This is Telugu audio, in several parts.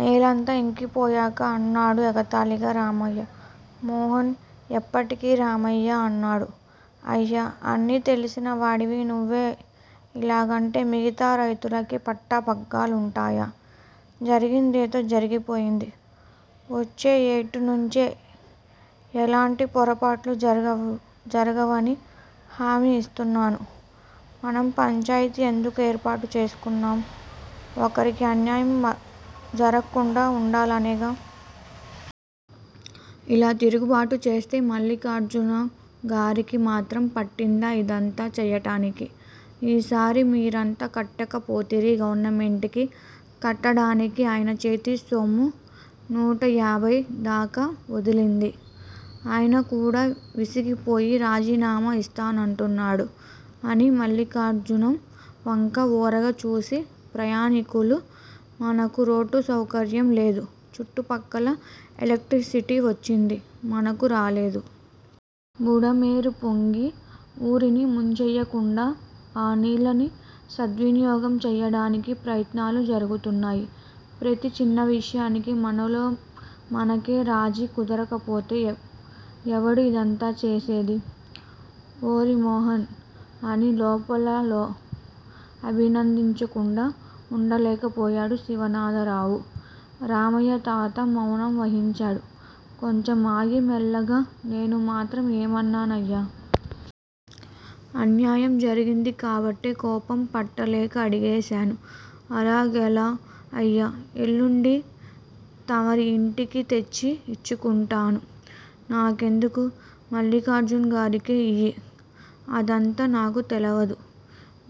నేలంతా యింకిపోయాక అన్నాడు ఎగతాళిగా రామయ్య. మోహన్ యిప్పటికి రామయ్యా అన్నాడు. అయ్యా! అన్నీ తెలిసినవాడివి నువ్వే యిలాగంటే మిగతా రైతులకి పట్టపగ్గాలుంటాయా? జరిగిందేదో జరిగిపోయింది. వచ్చే యేటినుంచి ఏలాంటి పొరపాట్లు జరగవని హామీ యిస్తాను. మనం పంచాయితీ ఎందుకు ఏర్పాటు చేసుకున్నాం? ఒకరికి అన్యాయం జరక్కుండా వుండాలనేగా! ఇలా తిరుగుబాటు చేస్తే మల్లిఖార్జునంగారికి మాత్రం పట్టిందా ఇదంతా చేయటానికి? ఈసారి మీరంతా కట్టకపోతిరి గవర్నమెంటుకి కట్టడానికి ఆయనచేతిసొమ్ము నూటయాభయి దాకా వదిలింది. ఆయనకూడా విసిగిపోయి రాజీనామా ఇస్తానంటున్నాడు అని మల్లిఖార్జునం వంక ఓరగా చూసి ప్రయాణాలకు మనకు రోడ్డుసౌకర్యం లేదు. చుట్టుప్రక్కల ఎలక్ట్రిసిటీ వచ్చింది, మనకు రాలేదు. బుడమేరుపొంగి ఊరిని ముంచేయకుండా ఆ నీళ్ళని సద్వినియోగం చేయడానికి ప్రయత్నాలు జరుగుతున్నాయి. ప్రతి చిన్నవిషయానికీ మనలో మనకు రాజీ కుదరకపోతే ఎవడూ ఇదంతా చేసేదీ? ఓరి మోహన్ అని లోలోపల అభినందించకుండా వుండలేకపోయాడు శివనాథరావు. రామయ్యతాత మౌనం వహించాడు. కొంచెం ఆగి మెల్లగా నేను మాత్రం ఏమన్నానయ్యా? అన్నేయం జరిగింది కాబట్టి కోపం పట్టలేక అడిగేశాను అల్లాగేలే అయ్యా ఎల్లుండి తమ రి యింటికి తెచ్చి యిచ్చుకుంటా. నాకెందుకూ? మల్లిఖార్జునంగారికే యియ్యి. అదంతా నాకుతెలవదు.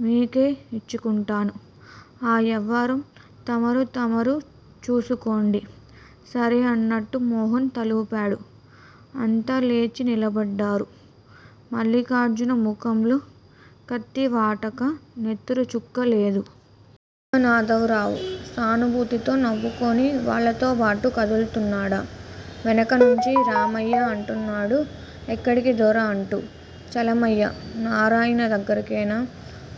మీకే యిచ్చుకుంటాను. ఆ యవ్వారం తమరూ తమరూ చూసుకోండి. సరే అన్నట్లు మోహన్ తలఊపాడు. అంతా లేచినిలబడ్డారు. మల్లిఖార్జునం ముఖంలో కత్తివాటుక నెత్తురుచుక్క లేదు. శివనాథరావు సానుభూతితో నవ్వుకుని వాళ్ళతోబాటు కదుల్తున్నాడు. వెనకనుంచి రామయ్య అంటున్నాడు ఎక్కడికి దొరా అటూ? చలమయ్యా, నారయ్యల దగ్గరకేనా?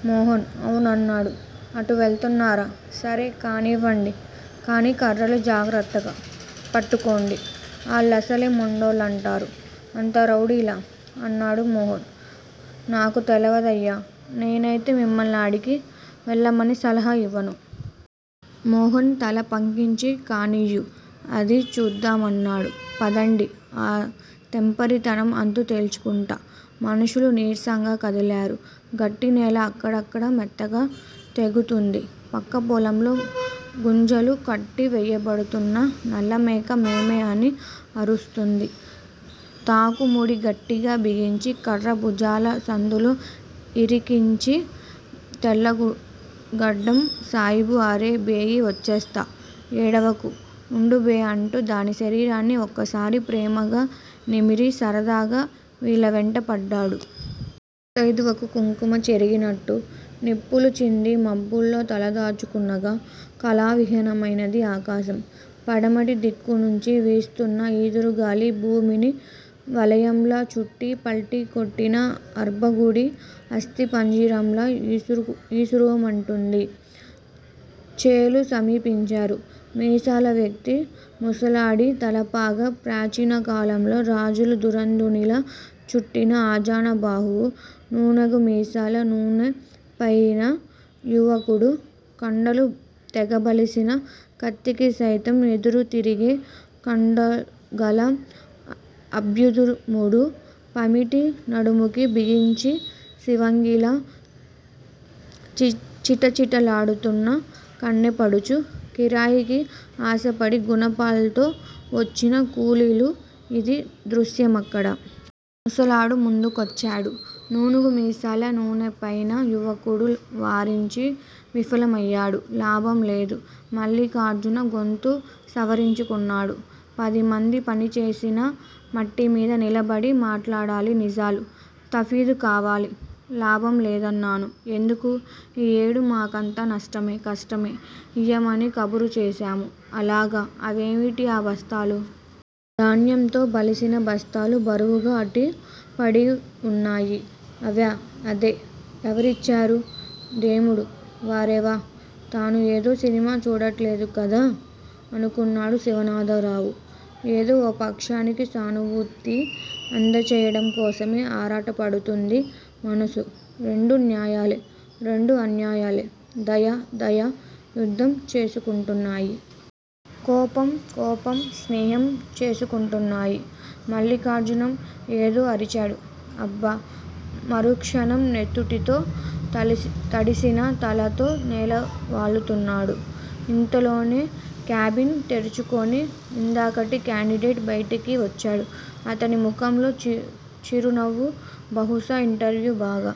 మోహన్ అవు నన్నాడు. అంటు వెళ్తున్నారా? సరే కానివ్వండి కానీ కర్రలు జాగ్రత్తగా పట్టుకోండి. ఆళ్ళసలే మొండోళ్ళంటారు. అంత రౌడీలా? అన్నాడు మోహన్. నాకు తెలవదయ్యా నేనైతే మిమ్మల్నాకాడికి వెళ్ళమని సలహా యివ్వను. మోహన్ తల పంకించి కానియ్యి అదీ చూద్దాం అన్నాడు. పదండి, ఆ తెంపరితనం అంతు తేల్చుకుంటా. మనుషులు నీరసంగా కదిలారు. గట్టినెల అక్కడక్కడా మెత్తగా తెగుతోంది. ప్రక్కపొలంలో గుంజలకు కట్టి వేయబడుతోన్న నల్లమేక మేమే అని అరుస్తోంది. తాకుముడి గట్టిగా బిగించి కర్ర భుజాల సందులో యిరికించి తెల్లగడ్డం సాయిబు అరే బేగి వచ్చేస్తా, ఏడవక వుండుబే అంటూ దాని శరీరం ఓసారి ప్రేమగా నిమిరి సరదాగా వీళ్ళవెంట పడ్డాడు. ముత్తయిదువకు కుంకుమ చెరిగినట్లు-నిప్పు చింది మబ్బుల్లో తలదాచుకునగా, కళావిహీనమైంది ఆకాశం. పడమటి దిక్కునుంచి వీస్తోన్న ఈదురుగాలి భూమిని వలయంలా చుట్టి పల్టీ కొట్టిన అర్భకుడి అస్థిపంజరంలా యీసురోమంటోంది. చేలు సమీపించారు. మీసాల వ్యక్తీ, ముసిలాడూ, తలపాగా ప్రాచీనకాలంలో రాజ దురంధరునిలా చుట్టిన ఆజానుబాహువూ, నూనూగుమీసాల నునుపైన యువకుడూ, కండలు తెగబలిసి, కత్తికిసైతం ఎదురుతిరిగే కండలుగల అంబుదళ్యాముడూ, పమిట నడుముకు బిగించి సివంగిలా చిటచిటలాడుతోన్న కన్నెపడుచూ, కిరాయికి ఆశపడి గునపాల్తో వచ్చిన కూలీలూ ఇదీ దృశ్యమక్కడ. ముసలాడు ముందుకొచ్చాడు. నూనుగుమీసాల నునుపైన యువకుడు వారించి విఫలమయ్యాడు. లాభం లేదు. మల్లిఖార్జునం గొంతు సవరించుకున్నాడు. పదిమంది పనిచేసిన మట్టిమీద నిలబడి మాట్లాడాలి నిజాలు. తఫ్రీదు కావాలి. లాభం లేదన్నాను. ఎందుకు? ఈ యేడు మాకంతా నష్టమే, కష్టమే ఇయ్యమని కబురుచేశాం. అలాగా? అవేమిటి ఆ బస్తాలూ? ధాన్యంతో బలిసిన బస్తాలు బరువుగా అటు పడివున్నాయి. అవా, అదే. ఎవరిచ్చారు? దేముడు. వారెవా! తాను ఏదో సినిమా చూడట్లేదు గదా అనుకున్నాడు శివనాథరావు. ఏదో ఓ పక్షానికి సానుభూతి అంధచేయటం కోసం ఆరాటపడుతోంది మనసు. రెండూ న్యాయాలే, రెండూ అన్యాయాలే. దయా, దయా యుద్ధం చేసుకుంటున్నాయి. కోపం, కోపం స్నేహం చేసుకుంటున్నాయి. మల్లిఖార్జునం ఏదో అరిచాడు. అబ్బా! మరుక్షణం నెత్తుటితో తడిసిన తలతో నేలవ్రాలుతున్నాడు. ఇంతలో క్యాబిన్ తెర్చుకుని ఇందాకటి క్యాండిడేట్ బయటికి వచ్చాడు. అతని ముఖంలో చిరునవ్వు. బహుశా ఇంటర్వ్యూ బాగా